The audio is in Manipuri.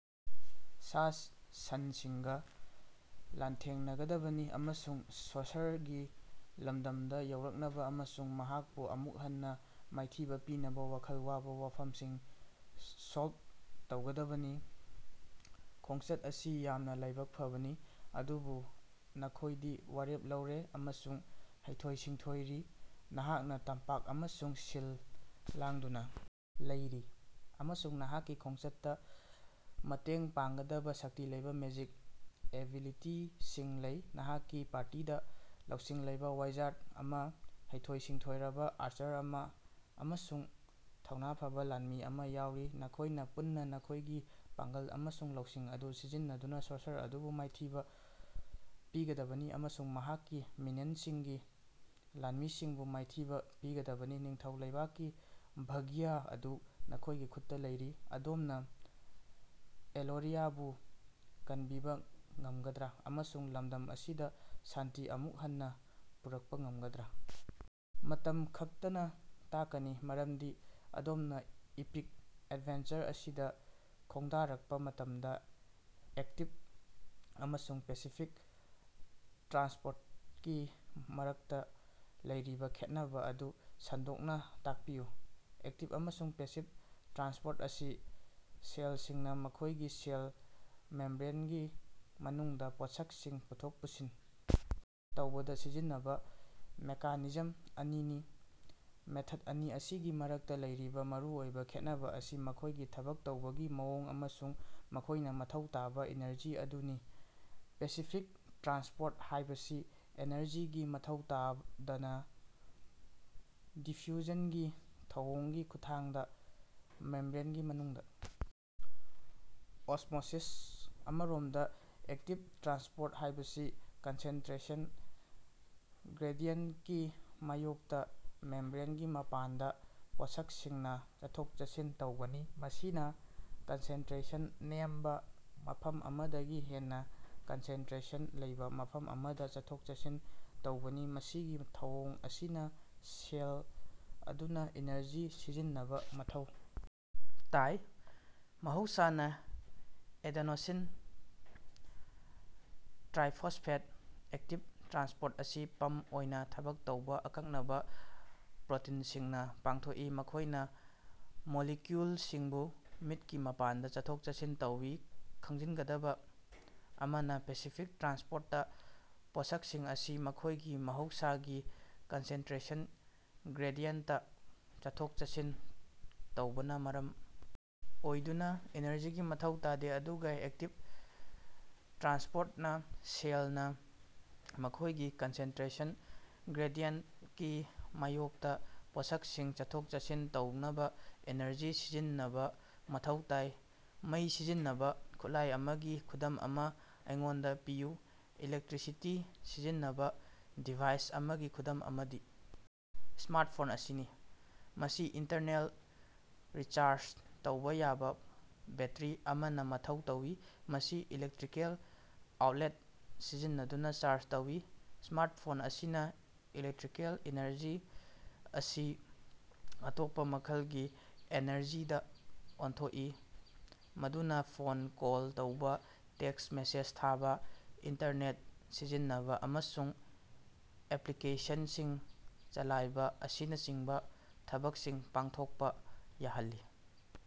ꯁꯥ-ꯁꯟꯁꯤꯡꯒ ꯂꯥꯟꯊꯦꯡꯅꯒꯗꯕꯅꯤ ꯑꯃꯁꯨꯡ ꯁꯣꯔꯁꯔꯒꯤ ꯂꯝꯗꯝꯗ ꯌꯧꯔꯛꯅꯕ ꯑꯃꯁꯨꯡ ꯃꯍꯥꯛꯄꯨ ꯑꯃꯨꯛ ꯍꯟꯅꯥ ꯃꯥꯏꯊꯤꯕꯥ ꯄꯤꯅꯕ ꯋꯥꯈꯜ ꯋꯥꯕ ꯋꯥꯐꯝꯁꯤꯡ ꯁꯣꯜꯕ ꯇꯧꯒꯗꯕꯅꯤ꯫ ꯈꯣꯡꯆꯠ ꯑꯁꯤ ꯌꯥꯝꯅ ꯂꯥꯏꯕꯛ ꯐꯕꯅꯤ, ꯑꯗꯨꯕꯨ ꯅꯈꯣꯏꯗꯤ ꯋꯥꯔꯦꯞ ꯂꯧꯔꯦ ꯑꯃꯁꯨꯡ ꯍꯩꯊꯣꯏ-ꯁꯤꯡꯊꯣꯏꯔꯤ꯫ ꯅꯍꯥꯛꯅ ꯇꯝꯄꯥꯛ ꯑꯃꯁꯨꯡ ꯁꯤꯜ ꯂꯥꯡꯗꯨꯅ ꯂꯩꯔꯤ, ꯑꯃꯁꯨꯡ ꯅꯍꯥꯛꯀꯤ ꯈꯣꯡꯆꯠꯇꯥ ꯃꯇꯦꯡ ꯄꯥꯡꯒꯗꯕ ꯁꯛꯇꯤ ꯂꯩꯕ ꯃꯦꯖꯤꯛ ꯑꯦꯕꯤꯂꯤꯇꯤꯁꯤꯡ ꯂꯩ꯫ ꯅꯍꯥꯛꯀꯤ ꯄꯥꯔꯇꯤꯗ ꯂꯧꯁꯤꯡ ꯂꯩꯕ ꯋꯥꯏꯖꯥꯔꯗ ꯑꯃꯥ, ꯍꯩꯊꯣꯏ-ꯁꯤꯡꯊꯣꯏꯔꯕ ꯑꯥꯔꯆꯔ ꯑꯃꯥ ꯑꯃꯁꯨꯡ ꯊꯧꯅꯥ ꯐꯕꯥ ꯂꯥꯟꯃꯤ ꯑꯃꯥ ꯌꯥꯎꯔꯤ꯫ ꯅꯈꯣꯏꯅ ꯄꯨꯟꯅꯥ ꯅꯈꯣꯏꯒꯤ ꯄꯥꯡꯒꯜ ꯑꯃꯁꯨꯡ ꯂꯧꯁꯤꯡ ꯑꯗꯨ ꯁꯤꯖꯤꯟꯅꯗꯨꯅ ꯁꯣꯔꯁꯔ ꯑꯗꯨꯕꯨ ꯃꯥꯏꯊꯤꯕ ꯄꯤꯒꯗꯕꯅꯤ ꯑꯃꯁꯨꯡ ꯃꯍꯥꯛꯀꯤ ꯃꯤꯅꯤꯌꯟꯁꯤꯡꯒꯤ ꯂꯥꯟꯃꯤꯁꯤꯡꯕꯨ ꯃꯥꯏꯊꯤꯕ ꯄꯤꯒꯗꯕꯅꯤ꯫ ꯅꯤꯡꯊꯧ ꯂꯩꯕꯥꯛꯀꯤ ꯚꯥꯒ꯭ꯌ ꯑꯗꯨ ꯅꯈꯣꯏꯒꯤ ꯈꯨꯠꯇꯥ ꯂꯩꯔꯤ꯫ ꯑꯗꯣꯝꯅ ꯑꯦꯂꯣꯔꯤꯌꯥꯕꯨ ꯀꯟꯕꯤꯕꯥ ꯉꯝꯒꯗ꯭ꯔꯥ ꯑꯃꯁꯨꯡ ꯂꯝꯗꯝ ꯑꯁꯤꯗ ꯁꯥꯟꯇꯤ ꯑꯃꯨꯛ ꯍꯟꯅꯥ ꯄꯨꯔꯛꯄꯥ ꯉꯝꯒꯗ꯭ꯔꯥ? ꯃꯇꯝ ꯈꯛꯇꯅꯥ ꯇꯥꯛꯀꯅꯤ, ꯃꯔꯝꯗꯤ ꯑꯗꯣꯝꯅꯥ ꯏꯄꯤꯛ ꯑꯦꯗꯚꯦꯟꯆꯔ ꯑꯁꯤꯗꯥ ꯈꯣꯡꯗꯥꯔꯛꯄꯥ ꯃꯇꯝꯗꯥ꯫ ꯑꯦꯛꯇꯤꯕ ꯑꯃꯁꯨꯡ ꯄꯦꯁꯤꯐꯤꯛ ꯇ꯭ꯔꯥꯟꯁꯄꯣꯔꯇꯀꯤ ꯃꯔꯛꯇꯥ ꯂꯩꯔꯤꯕꯥ ꯈꯦꯠꯅꯕꯥ ꯑꯗꯨ ꯁꯟꯗꯣꯛꯅꯥ ꯇꯥꯛꯄꯤꯌꯨ꯫ ꯑꯦꯛꯇꯤꯕ ꯑꯃꯁꯨꯡ ꯄꯦꯁꯤꯕ ꯇ꯭ꯔꯥꯟꯁꯄꯣꯔꯠ ꯑꯁꯤ ꯁꯦꯜꯁꯤꯡꯅꯥ ꯃꯈꯣꯏꯒꯤ ꯁꯦꯜ ꯃꯦꯝꯕ꯭ꯔꯦꯟꯒꯤ ꯃꯅꯨꯡꯗ ꯄꯣꯠꯁꯛꯁꯤꯡ ꯄꯨꯊꯣꯛ ꯄꯨꯁꯤꯟ ꯇꯧꯕꯗ ꯁꯤꯖꯤꯟꯅꯕ ꯃꯦꯀꯥꯅꯤꯖꯝ ꯑꯅꯤꯅꯤ꯫ ꯃꯦꯊꯗ ꯑꯅꯤ ꯑꯁꯤꯒꯤ ꯃꯔꯛꯇꯥ ꯂꯩꯔꯤꯕꯥ ꯃꯔꯨꯑꯣꯏꯕ ꯈꯦꯠꯅꯕ ꯑꯁꯤ ꯃꯈꯣꯏꯒꯤ ꯊꯕꯛ ꯇꯧꯕꯒꯤ ꯃꯑꯣꯡ ꯑꯃꯁꯨꯡ ꯃꯈꯣꯏꯅꯥ ꯃꯊꯧ ꯇꯥꯕꯥ ꯏꯅꯔꯖꯤ ꯑꯗꯨꯅꯤ꯫ ꯄꯦꯁꯤꯐꯤꯛ ꯇ꯭ꯔꯥꯟꯁꯄꯣꯔꯠ ꯍꯥꯏꯕꯁꯤ ꯑꯦꯅꯔꯖꯤꯒꯤ ꯃꯊꯧ ꯇꯥꯗꯅ, ꯗꯤꯐ꯭ꯌꯨꯁꯟꯒꯤ ꯊꯧꯑꯣꯡꯒꯤ ꯈꯨꯠꯊꯥꯡꯗ ꯃꯦꯝꯕ꯭ꯔꯦꯟꯒꯤ ꯃꯅꯨꯡꯗ ꯑꯣꯁ꯭ꯃꯣꯁꯤꯁ꯫ ꯑꯃꯔꯣꯝꯗ, ꯑꯦꯛꯇꯤꯕ ꯇ꯭ꯔꯥꯟꯁꯄꯣꯔꯠ ꯍꯥꯏꯕꯁꯤ ꯀꯟꯁꯦꯟꯇꯔꯦꯁꯟ ꯒ꯭ꯔꯦꯗꯤꯌꯦꯟꯇꯀꯤ ꯃꯥꯌꯣꯛꯇꯥ ꯃꯦꯝꯕ꯭ꯔꯦꯟꯒꯤ ꯃꯄꯥꯟꯗ ꯄꯣꯠꯁꯛꯁꯤꯡꯅꯥ ꯆꯠꯊꯣꯛ-ꯆꯠꯁꯤꯟ ꯇꯧꯕꯅꯤ, ꯃꯁꯤꯅꯥ ꯀꯟꯁꯦꯟꯇꯔꯦꯁꯟ ꯅꯦꯝꯕ ꯃꯐꯝ ꯑꯃꯗꯒꯤ ꯍꯦꯟꯅ ꯀꯟꯁꯦꯟꯇꯔꯦꯁꯟ ꯂꯩꯕꯥ ꯃꯐꯝ ꯑꯃꯗꯥ ꯆꯠꯊꯣꯛ-ꯆꯠꯁꯤꯟ ꯇꯧꯕꯅꯤ꯫ ꯃꯁꯤꯒꯤ ꯊꯧꯑꯣꯡ ꯑꯁꯤꯅꯥ ꯁꯦꯜ ꯑꯗꯨꯅꯥ ꯏꯅꯔꯖꯤ ꯁꯤꯖꯤꯟꯅꯕꯥ ꯃꯊꯧ ꯇꯥꯏ, ꯃꯍꯧꯁꯥꯅꯥ ꯑꯦꯗ‌ꯦꯅ‌ꯣꯁꯤꯟ ꯇꯔꯥꯏꯐ‌ꯣꯁꯐ‌ꯦꯠ ꯑꯦꯛꯇꯤꯕ ꯇ꯭ꯔꯥꯟꯁꯄꯣꯔꯠ ꯑꯁꯤ ꯄꯝꯞ ꯑꯣꯏꯅ ꯊꯕꯛ ꯇꯧꯕ ꯑꯀꯛꯅꯕ ꯄ꯭ꯔꯣꯇꯤꯟꯁꯤꯡꯅ ꯄꯥꯡꯊꯣꯛꯏ, ꯃꯈꯣꯏꯅ ꯃꯣꯂꯤꯀꯌꯨꯜꯁꯤꯡꯕꯨ ꯃꯤꯠꯀꯤ ꯃꯄꯥꯟꯗ ꯆꯠꯊꯣꯛ-ꯆꯠꯁꯤꯟ ꯇꯧꯏ꯫ ꯈꯪꯖꯤꯟꯒꯗꯕꯥ ꯑꯃꯅꯥ, ꯄꯦꯁꯤꯐꯤꯛ ꯇ꯭ꯔꯥꯟꯁꯄꯣꯔꯇꯇꯥ ꯄꯣꯠꯁꯛꯁꯤꯡ ꯑꯁꯤ ꯃꯈꯣꯏꯒꯤ ꯃꯍꯧꯁꯥꯒꯤ ꯀꯟꯁꯦꯟꯇꯔꯦꯁꯟ ꯒ꯭ꯔꯦꯗꯤꯌꯦꯟꯇꯇꯥ ꯆꯠꯊꯣꯛ-ꯆꯠꯁꯤꯟ ꯇꯧꯕꯅꯥ ꯃꯔꯝ ꯑꯣꯏꯗꯨꯅꯥ ꯏꯅꯔꯖꯤꯒꯤ ꯃꯊꯧ ꯇꯥꯗꯦ, ꯑꯗꯨꯒꯥ ꯑꯦꯛꯇꯤꯕ ꯇ꯭ꯔꯥꯟꯁꯄꯣꯔꯇꯅꯥ ꯁꯦꯜꯅꯥ ꯃꯈꯣꯏꯒꯤ ꯀꯟꯁꯦꯟꯇꯔꯦꯁꯟ ꯒ꯭ꯔꯦꯗꯤꯌꯦꯟꯇꯀꯤ ꯃꯥꯌꯣꯛꯇꯥ ꯄꯣꯠꯁꯛꯁꯤꯡ ꯆꯠꯊꯣꯛ-ꯆꯠꯁꯤꯟ ꯇꯧꯅꯕꯥ ꯏꯅꯔꯖꯤ ꯁꯤꯖꯤꯟꯅꯕ ꯃꯊꯧ ꯇꯥꯏ꯫ ꯃꯩ ꯁꯤꯖꯤꯟꯅꯕꯥ ꯈꯨꯠꯂꯥꯏ ꯑꯃꯒꯤ ꯈꯨꯗꯝ ꯑꯃꯥ ꯑꯩꯉꯣꯟꯗꯥ ꯄꯤꯌꯨ꯫ ꯏꯂꯦꯛꯇꯔꯤꯁꯤꯇꯤ ꯁꯤꯖꯤꯟꯅꯕ ꯗꯤꯚꯥꯏꯁ ꯑꯃꯒꯤ ꯈꯨꯗꯝ ꯑꯃꯗꯤ ꯁ꯭ꯃꯥꯔꯠꯐꯣꯟ ꯑꯁꯤꯅꯤ꯫ ꯃꯁꯤ ꯏꯟꯇꯔꯅꯦꯜ ꯔꯤꯆꯥꯔꯖ ꯇꯧꯕ ꯌꯥꯕꯥ ꯕꯦꯠꯇꯔꯤ ꯑꯃꯅ ꯃꯊꯧ ꯇꯧꯏ, ꯃꯁꯤ ꯏꯂꯦꯛꯇꯔꯤꯀꯦꯜ ꯑꯥꯎꯠꯂꯦꯠ ꯁꯤꯖꯤꯟꯅꯗꯨꯅ ꯆꯥꯔꯖ ꯇꯧꯏ꯫ ꯁ꯭ꯃꯥꯔꯠꯐꯣꯟ ꯑꯁꯤꯅꯥ ꯏꯂꯦꯛꯇꯔꯤꯀꯦꯜ ꯑꯦꯅꯔꯖꯤ ꯑꯁꯤ ꯑꯇꯣꯞꯄ ꯃꯈꯜꯒꯤ ꯑꯦꯅꯔꯖꯤꯗ ꯑꯣꯟꯊꯣꯛꯏ ꯃꯗꯨꯅ ꯐꯣꯟ ꯀꯣꯜ ꯇꯧꯕꯥ, ꯇꯦꯛꯁ ꯃꯦꯁꯦꯖ ꯊꯥꯕꯥ, ꯏꯟꯇꯔꯅꯦꯠ ꯁꯤꯖꯤꯟꯅꯕꯥ, ꯑꯃꯁꯨꯡ ꯑꯦꯄꯂꯤꯀꯦꯁꯟꯁꯤꯡ ꯆꯂꯥꯏꯕ ꯑꯁꯤꯅꯆꯤꯡꯕ ꯊꯕꯛꯁꯤꯡ ꯄꯥꯡꯊꯣꯛꯄꯥ ꯌꯥꯍꯜꯂꯤ꯫।